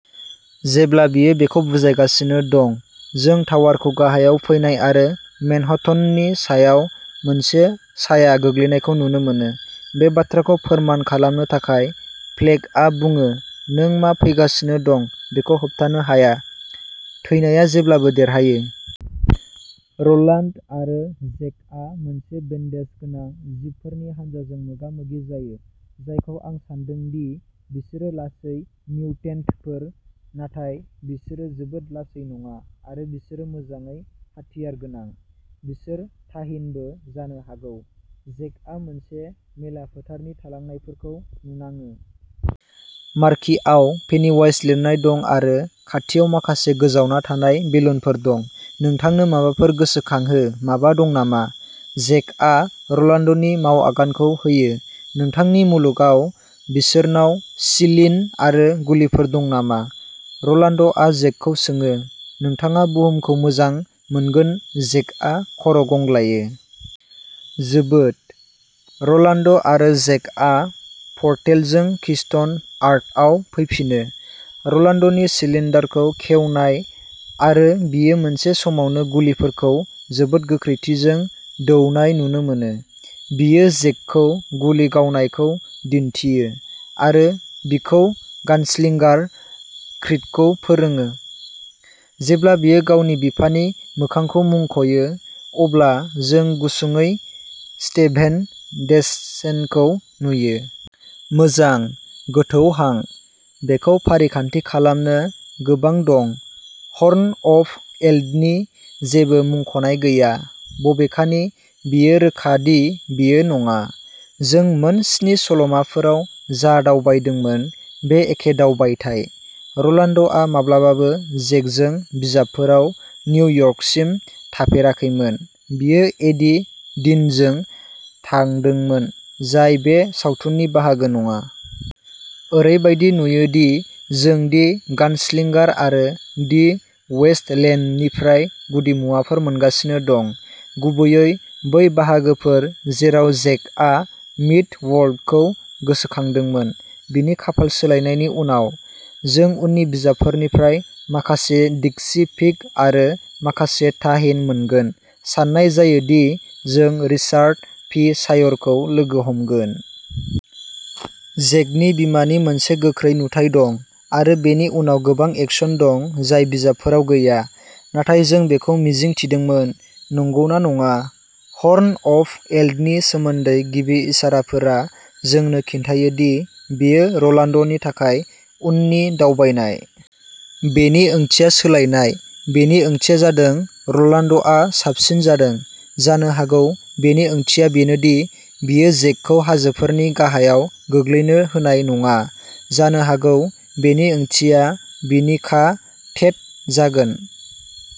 जेब्ला बियो बेखौ बुजायगासिनो दं, जों टावारखौ गाहायाव फैनाय आरो मेनहट्टननि सायाव मोनसे साया गोग्लैनायखौ नुनो मोनो। बे बाथ्राखौ फोरमान खालामनो थाखाय, फ्लेगआ बुङो, नों मा फैगासिनो दं बेखौ होबथानो हाया। थैनाया जेब्लाबो देरहायो। र'लान्ड आरो जेकआ मोनसे बेन्डेज गोनां जिबफोरनि हान्जाजों मोगा-मोगि जायो, जायखौ आं सान्दों दि बिसोरो लासै मिउटेन्टफोर, नाथाय बिसोरो जोबोद लासै नङा आरो बिसोरो मोजाङै हाथियारगोनां। बिसोर ताहिनबो जानो हागौ। जेकआ मोनसे मेला फोथारनि थालांनायफोरखौ नुनाङो। मार्कीआव पेनिवाइज लिरनाय दं आरो खाथियाव माखासे गोजावना थानाय बेलुनफोर दं। नोंथांनो माबाफोर गोसोखांहो माबा दं नामा? जेकआ र'लान्ड'नि मावआगानखौ होयो। नोंथांनि मुलुगाव बिसोरनाव सिलिन आरो गुलिफोर दं नामा? र'लान्ड'आ जेकखौ सोङो। नोंथाङा बुहुमखौ मोजां मोनगोन जेकआ खर' गंग्लायो। जोबोद, र'लान्ड' आरो जेकआ पर्टेलजों किस्ट'न आर्थआव फैफिनो। र'लान्ड'नि सिलिनडारखौ खेवनाय, आरो बियो मोनसे समावनो गुलिफोरखौ जोबोद गोख्रैथिजों दौनाय नुनो मोनो। बियो जेकखौ गुलि गावनायखौ दिन्थियो, आरो बिखौ गानस्लिंगार क्रीडखौ फोरोङो। जेब्ला बियो गावनि बिफानि मोखांखौ मुंख'यो, अब्ला जों गुसुंयै स्टेभेन डेसचेनखौ नुयो। मोजां, गोथौ हां। बेखौ फारिखान्थि खालामनो गोबां दं। हर्न अफ एल्डनि जेबो मुंख'नाय गैया, बबेखानि बेयो रोखा दि बेयो नङा। जों मोनस्नि सल'माफोराव जा दावबायदोंमोन बे एखे दावबायथाय। र'लान्ड'आ माब्लाबाबो जेकजों बिजाबफोराव निउयर्कसिम थाफेराखैमोन बियो एडि डीनजों थांदोंमोन, जाय बे सावथुननि बाहागो नङा। ओरैबायदि नुयोदि जों दि गानस्लिंगार आरो दि वेस्टलेन्डनिफ्राय गुदिमुवाफोर मोनगासिनो दं, गुबैयै बै बाहागोफोर जेराव जेकआ मिड-वर्ल्डखौ गोसोखांदोंमोन बिनि खाफाल सोलायनायनि उनाव। जों उननि बिजाबफोरनिफ्राय माखासे डिक्सी पिग आरो माखासे ताहिन मोनगोन। सान्नाय जायो दि जों रिचार्ड पि सायरखौ लोगो हमगोन। जेकनि बिमानि मोनसे गोख्रै नुथाइ दं। आरो बेनि उनाव गोबां एक्शन दं जाय बिजाबफोराव गैया। नाथाय जों बेखौ मिजिं थिदोंमोन, नंगौना नङा? हर्न अफ एल्डनि सोमोन्दै गिबि इसाराफोरा जोंनो खिन्थायो दि बेयो र'लान्डनि थाखाय उननि दावबायनाय। बेनि ओंथिया सोलायनाय। बेनि ओंथिया जादों र'लान्ड'आ साबसिन जादों। जानो हागौ बेनि ओंथिया बेनोदि बियो जेकखौ हाजोफोरनि गाहायाव गोग्लैनो होनाय नङा। जानो हागौ बेनि ओंथिया बिनि का-टेट जागोन।